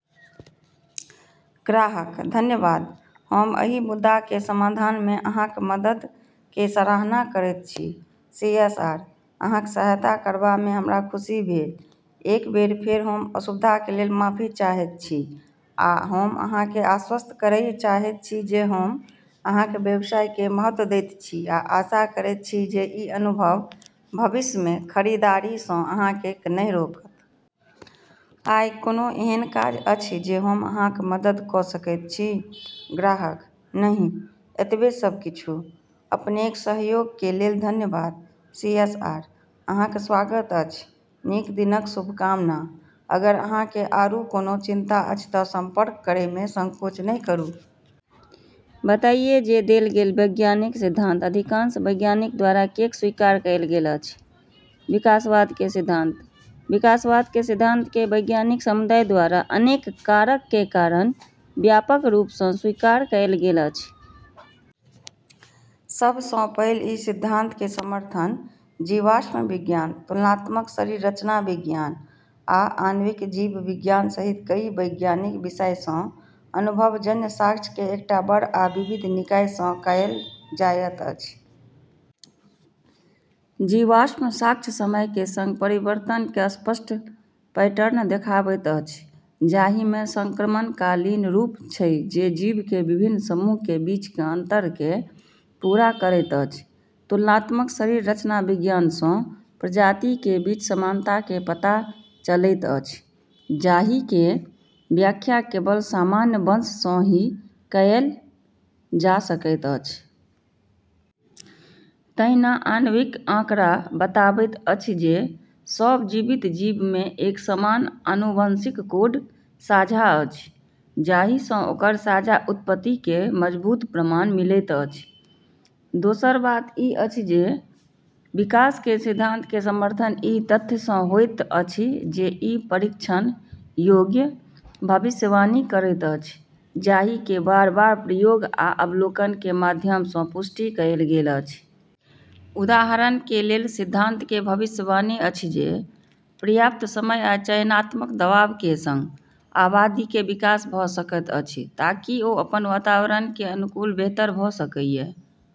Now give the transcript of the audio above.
ग्राहक: धन्यवाद, हम एहि मुद्दा के समाधान मे अहाँक मदद के सराहना करैत छी। सीएसआर: अहाँक सहायता करबा मे हमरा खुशी भेल। एक बेर फेर हम असुविधा के लेल माफी चाहैत छी, आ हम अहाँ के आश्वस्त करय चाहैत छी जे हम अहाँक व्यवसाय के महत्व दैत छी आ आशा करैत छी जे ई अनुभव भविष्य मे खरीदारी सँ अहाँ के नहि रोकत। आइ कोनो एहन काज अछि जे हम अहाँक मदद क' सकैत छी? ग्राहक: नहि, एतबे सब किछु। अपनेक सहयोग के लेल धन्यवाद। सीएसआर: अहाँक स्वागत अछि। नीक दिनक शुभकामना! अगर अहाँ के आरू कोनो चिंता अछि त' संपर्क करय मे संकोच नहि करु। बताइए जे देल गेल वैज्ञानिक सिद्धांत अधिकांश वैज्ञानिक द्वारा किएक स्वीकार कएल गेल अछि: विकासवाद के सिद्धांत। विकासवाद के सिद्धांत के वैज्ञानिक समुदाय द्वारा अनेक कारक के कारण व्यापक रूप सँ स्वीकार कएल गेल अछि। सभ सँ पहिल ई सिद्धांत के समर्थन जीवाश्म विज्ञान, तुलनात्मक शरीर रचना विज्ञान, आ आणविक जीव विज्ञान सहित कई वैज्ञानिक विषय सँ अनुभवजन्य साक्ष्य के एकटा बड़ आ विविध निकाय सँ कएल जाएत अछि। जीवाश्म साक्ष्य समय के संग परिवर्तन के स्पष्ट पैटर्न देखाबैत अछि, जाहि मे संक्रमणकालीन रूप छै जे जीव के विभिन्न समूह के बीच के अंतर के पूरा करैत अछि। तुलनात्मक शरीर रचना विज्ञान सँ प्रजाति के बीच समानता के पता चलैत अछि जाहि के व्याख्या केवल सामान्य वंश सँ ही कएल जा सकैत अछि। तहिना आणविक आंकड़ा बताबैत अछि जे सब जीवित जीव मे एक समान आनुवंशिक कोड साझा अछि, जाहि सँ ओकर साझा उत्पत्ति के मजबूत प्रमाण मिलैत अछि। दोसर बात ई अछि जे विकास के सिद्धांत के समर्थन ई तथ्य सँ होइत अछि जे ई परीक्षण योग्य भविष्यवाणी करैत अछि जाहि के बार-बार प्रयोग आ अवलोकन के माध्यम सँ पुष्टि कएल गेल अछि। उदाहरण के लेल सिद्धांत के भविष्यवाणी अछि जे, पर्याप्त समय आ चयनात्मक दबाव के संग, आबादी के विकास भ सकैत अछि ताकि ओ अपन वातावरण के अनुकूल बेहतर भ सकय।